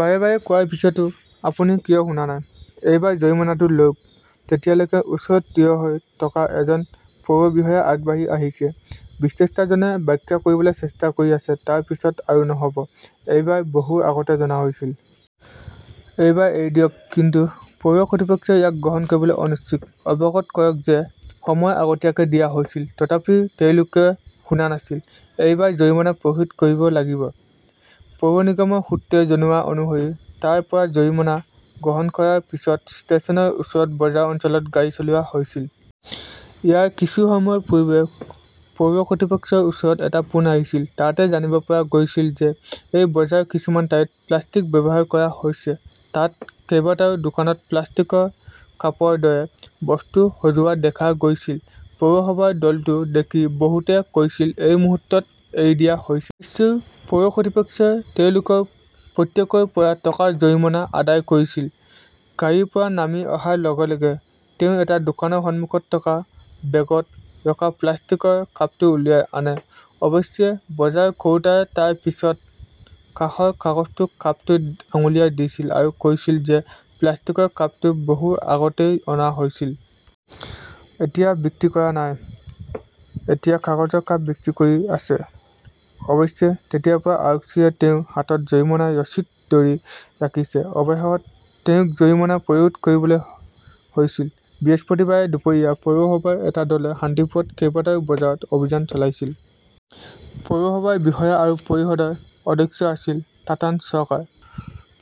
বাৰে বাৰে কোৱাৰ পিছতো আপুনি কিয় শুনা নাই? এইবাৰ জৰিমনাটো লওক। তেতিয়ালৈকে ওচৰত থিয় হৈ থকা এজন পৌৰ বিষয়া আগবাঢ়ি আহিছে। বিক্ৰেতাজনে ব্যাখ্যা কৰিবলৈ চেষ্টা কৰি আছে, তাৰ পিছত আৰু নহ 'ব। এইবোৰ বহু আগতেই অনা হৈছিল। এইবাৰ এৰি দিয়ক। কিন্তু পৌৰ কৰ্তৃপক্ষই ইয়াক গ্ৰহণ কৰিবলৈ অনিচ্ছুক। অৱগত কৰক যে সময় আগতীয়াকৈ দিয়া হৈছিল। তথাপিও তেওঁলোকে শুনা নাছিল। এইবাৰ জৰিমনা পৰিশোধ কৰিব লাগিব। পৌৰ নিগমৰ সূত্ৰই জনোৱা অনুসৰি তাৰ পৰা জৰিমনা সংগ্ৰহ কৰাৰ পিছত ষ্টেচনৰ ওচৰৰ বজাৰ অঞ্চলত গাড়ী চলোৱা হৈছিল। ইয়াৰ কিছু সময় পূৰ্বে পৌৰ কৰ্তৃপক্ষৰ ওচৰত এটা ফোন আহিছিল, তাতেই জানিব পৰা গৈছিল যে এই বজাৰৰ কিছুমান ঠাইত প্লাষ্টিক ব্যৱহাৰ কৰা হৈছে। তাত কেইবাটাও দোকানত প্লাষ্টিকৰ কাপৰ দৰে বস্তু সজোৱা দেখা গৈছিল। পৌৰসভাৰ দলটো দেখি বহুতে কৈছিল, এই মুহূৰ্তত এৰি দিয়া হৈছে। অৱশ্যে পৌৰ কৰ্তৃপক্ষই তেওঁলোকৰ প্ৰত্যেকৰে পৰা টকা জৰিমনা আদায় কৰিছিল। গাড়ীৰ পৰা নামি অহাৰ লগে -লগে তেওঁ এটা দোকানৰ সন্মুখত থকা বেগত ৰখা প্লাষ্টিকৰ কাপটো উলিয়াই আনে। অৱশ্যে বজাৰ কৰোঁতাই তাৰ পিছত কাষৰ কাগজৰ কাপটো আঙুলিয়াই দিছিল, আৰু কৈছিল যে প্লাষ্টিকৰ কাপটো বহু আগতেই অনা হৈছিল। এতিয়া বিক্ৰী কৰা নাই। এতিয়া কাগজৰ কাপ বিক্ৰী কৰি আছে। অৱশ্যে তেতিয়াৰ পৰা আৰক্ষীয়ে তেওঁৰ হাতত জৰিমনাৰ ৰচিদ ধৰি ৰাখিছে। অৱশেষত তেওঁক জৰিমনা পৰিশোধ কৰিবলগীয়া হৈছিল। বৃহস্পতিবাৰে দুপৰীয়া পৌৰসভাৰ এটা দলে শান্তিপুৰৰ কেইবাটাও বজাৰত অভিযান চলাইছিল। পৌৰসভাৰ বিষয়া আৰু পৰিষদৰ অধ্যক্ষ আছিল তাতান চৰকাৰ।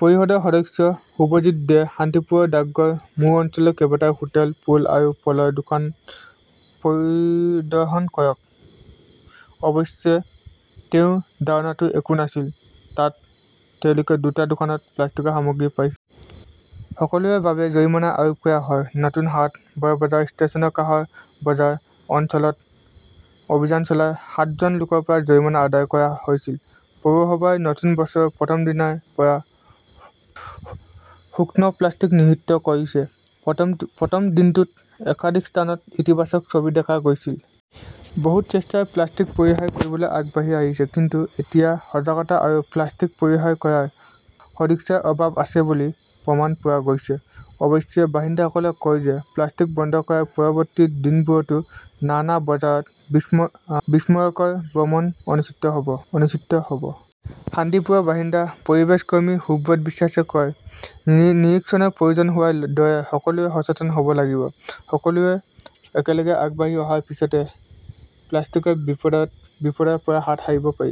পৰিষদৰ সদস্য শুভজিৎ দে। শান্তিপুৰ ডাকঘৰ মোৰ অঞ্চলৰ কেইবাটাও হোটেল, ফুল আৰু ফলৰ দোকান পৰিদৰ্শন কৰক। অৱশ্যে তেওঁৰ ধাৰণাটোত একো নাছিল। তাত তেওঁলোকে দুটা দোকানত প্লাষ্টিকৰ সামগ্ৰী পাইছিল। সকলোৰে বাবে জৰিমনা আৰোপ কৰা হয়। নতুন হাট, বৰবাজাৰ ,ষ্টেচনৰ কাষৰ বজাৰ অঞ্চলত অভিযান চলাই সাতজন লোকৰ পৰা জৰিমনা আদায় কৰা হৈছিল। পৌৰসভাই নতুন বছৰৰ প্ৰথম দিনৰ পৰাই সূক্ষ্ম প্লাষ্টিক নিষিদ্ধ কৰিছে। প্ৰথম দিনটোত একাধিক স্থানত ইতিবাচক ছবি দেখা গৈছিল। বহুটো স্বেচ্ছাই প্লাষ্টিক পৰিহাৰ কৰিবলৈ আগবাঢ়ি আহিছে, কিন্তু এতিয়াও সজাগতা আৰু প্লাষ্টিক পৰিহাৰ কৰাৰ সদিচ্ছাৰ অভাৱ আছে বুলি প্ৰমাণ পোৱা গৈছে। অৱশ্যে বাসিন্দাসকলে কয় যে প্লাষ্টিক বন্ধ কৰাৰ পৰৱৰ্তী দিনবোৰতো নানা বজাৰত বিস্ময়কৰ ভ্ৰমণ অনুষ্ঠিত হ'ব। শান্তিপুৰৰ বাসিন্দা পৰিৱেশ কৰ্মী সুব্ৰত বিশ্বাসে কয়, নিৰীক্ষণৰ প্ৰয়োজন হোৱাৰ দৰে সকলোৱে সচেতন হ'ব লাগিব। সকলোৱে একেলগে আগবাঢ়ি অহাৰ পিছতহে প্লাষ্টিকৰ বিপদৰ পৰা হাত সাৰিব পাৰি